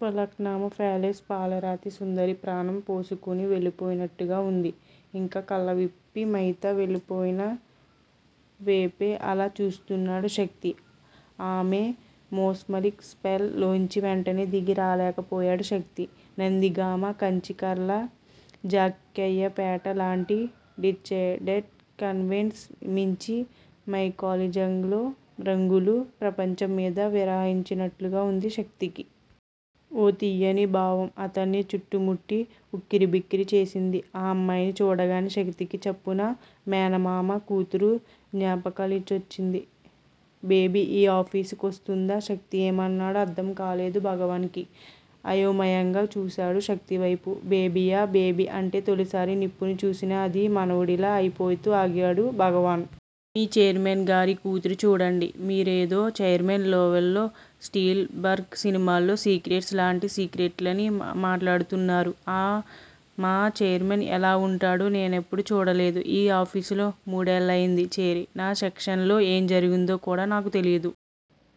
Falak నూమా palace పాలరాతి సుందరి ప్రాణం పోసుకొని వెళ్ళిపోయినట్లుగా ఉంది. ఇంకా కళ్ళప్పించి, మహిత వెళ్ళిపోయిన వేపే అలా చూస్తున్నాడు శక్తి. ఆమె మెస్మరిక్ స్పెల్ లోంచి వెంటనే దిగి రాలేక పోయాడు శక్తి. నందిగామ, కంచికచర్ల, జగ్గయ్యపేట లాంటి డిజర్టెడ్ కేన్వాస్ మీంచి మైకలాంజిలో రంగుల ప్రపంచం మీద విహరించినట్లుగా ఉంది శక్తికి. ఓ తియ్యని భావం అతన్ని చుట్టుముట్టి ఉక్కిరిబిక్కిరి చేసింది. ఆ అమ్మాయిని చూడగానే శక్తికి చప్పున మేనమామ కూతురు జ్ఞాపకానికొచ్చింది. బేబీ ఈ ఆఫీసు కొస్తుందా శక్తి ఏమన్నాడో అర్థం కాలేదు భగవాన్ కి. అయోమయంగా చూసాడు శక్తివైపు. బేబీయా బేబీ అంటే తొలిసారి నిప్పుని చూసిన ఆది మానవుడిలా అయిపోతూ అడిగాడు భగవాన్. మీ ఛైర్మన్ గారి కూతురు చూడండి- మీరేదో ఛైర్మన్ లెవల్లో స్టిల్ బర్గ్ సినిమాల్లో, సీక్రెట్స్ లాంటి సీక్రెట్లన్నీ మాట్లాడుతున్నారు. మా ఛైర్మన్ ఎలా ఉంటాడో నేనెప్పుడూ చూడలేదు- ఈ ఆఫీసులో మూడేళ్ళయ్యింది చేరి. నా సెక్షన్ లో ఏం జరుగుతుందో కూడా నాకు తెలీదు.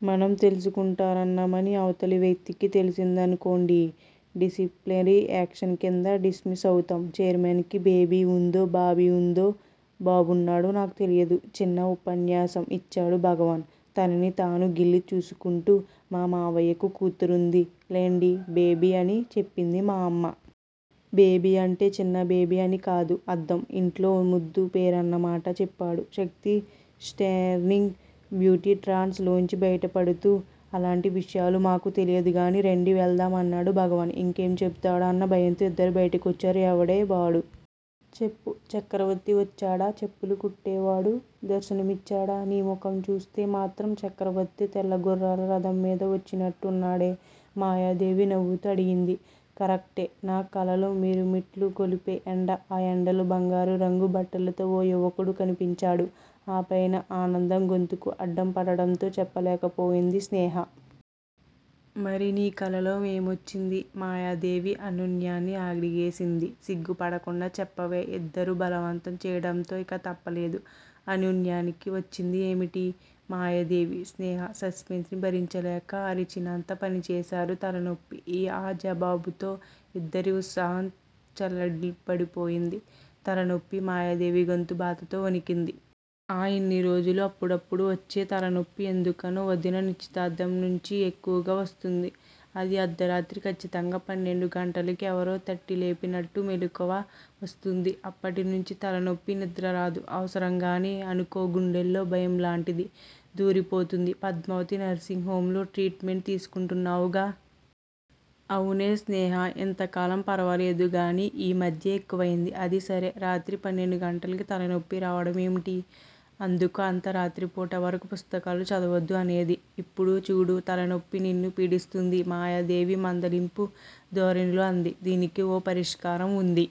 మనం తెలుసుకుంటున్నామని, అవతలి వ్యక్తికి తెల్సిందనుకోండి- డిసిప్లినరీ యాక్షన్ కింద, డిస్మిస్ అవుతాం. ఛైర్మన్ కి బేబీ ఉందో బాబీ ఉందో, బాబున్నాడో నాకు తెలీదు చిన్న ఉపన్యాసం ఇచ్చాడు భగవాన్ తనని తాను గిల్లి చూసుకుంటూ. మా మామయ్యకి కూతురుంది లెండి. బేబీ అని చెప్పింది మా అమ్మ. బేబీ అంటే చిన్న బేబీ అని కాదు అర్థం ఇంట్లో ముద్దు పేరన్న మాట చెప్పాడు శక్తి స్టన్నింగ్ బ్యూటీ ట్రాన్స్ లోంచి బయటపడుతూ. అలాంటి విషయాలు మాకు తెలీదుగానీ- రండి వెళదాం అన్నాడు భగవాన్ ఇంకేం చెబుతాడో అన్న భయంతో. ఇద్దరూ బయటికొచ్చారు. ఎవడే వాడు? చెప్పు- చక్రవర్తి వచ్చాడా? చెప్పులు కుట్టేవాడు దర్శనమిచ్చాడా? నీ ముఖం చూస్తే మాత్రం చక్రవర్తే తెల్లగుర్రాల రథం మీద వచ్చినట్టున్నాడే మాయాదేవి నవ్వుతూ అడిగింది. కరెక్టే- నా కలలో మిరుమిట్లు గొలిపే ఎండ, ఆ ఎండలో బంగారు రంగు బట్టలతో ఓ యువకుడు కనిపించాడు ఆపైన ఆనందం గొంతుకు అడ్డం పడడంతో చెప్పలేకపోయింది స్నేహ. మరి నీ కలలో ఏమొచ్చింది? మాయాదేవి అనూహ్యని అడిగేసింది. సిగ్గుపడకుండా చెప్పవే ఇద్దరూ బలవంతం చేయడంతో ఇక తప్పలేదు అనూహ్యకి. వచ్చింది ఏమిటి? మాయాదేవి స్నేహ సస్పెన్స్ ని భరించలేక అరిచినంత పనిచేశారు. తలనొప్పి ఆ జవాబుతో ఇద్దరి ఉత్సాహం చల్లబడిపోయింది. తలనొప్పా? మాయాదేవి గొంతు బాధతో వణికింది. ఆ- ఇన్నిరోజులు అప్పుడప్పుడు వచ్చే తలనొప్పి ఎందుకనో వదినా నిశ్చితార్థం నుంచి ఎక్కువగా వస్తోంది. అదీ అర్థరాత్రి ఖచ్చితంగా పన్నెండు గంటలకి. ఎవరో తట్టిలేపినట్టు మెలకువ వస్తోంది, అప్పట్నించీ తలనొప్పి, నిద్రరాదు. అవసరంగానే అనుకో గుండెల్లో భయంలాంటిది దూరిపోతోంది పద్మావతి నర్శింగ్ హోమ్ లో ట్రీట్ మెంట్ తీసుకుంటున్నావుగా! అవునే స్నేహా. ఇంతకాలం ఫరవాలేదుగానీ ఈ మధ్యే ఎక్కువైంది. అది సరే- రాత్రి పన్నెండుగంటలకి తలనొప్పి రావడమేమిటి? అందుకే అంత రాత్రిపూట వరకు పుస్తకాలు చదవద్దు అనేది. ఇప్పుడు చూడు తలనొప్పి నిన్ను పీడిస్తోంది మాయాదేవి మందలింపు ధోరణిలో అంది. దీనికి ఓ పరిష్కారం వుంది.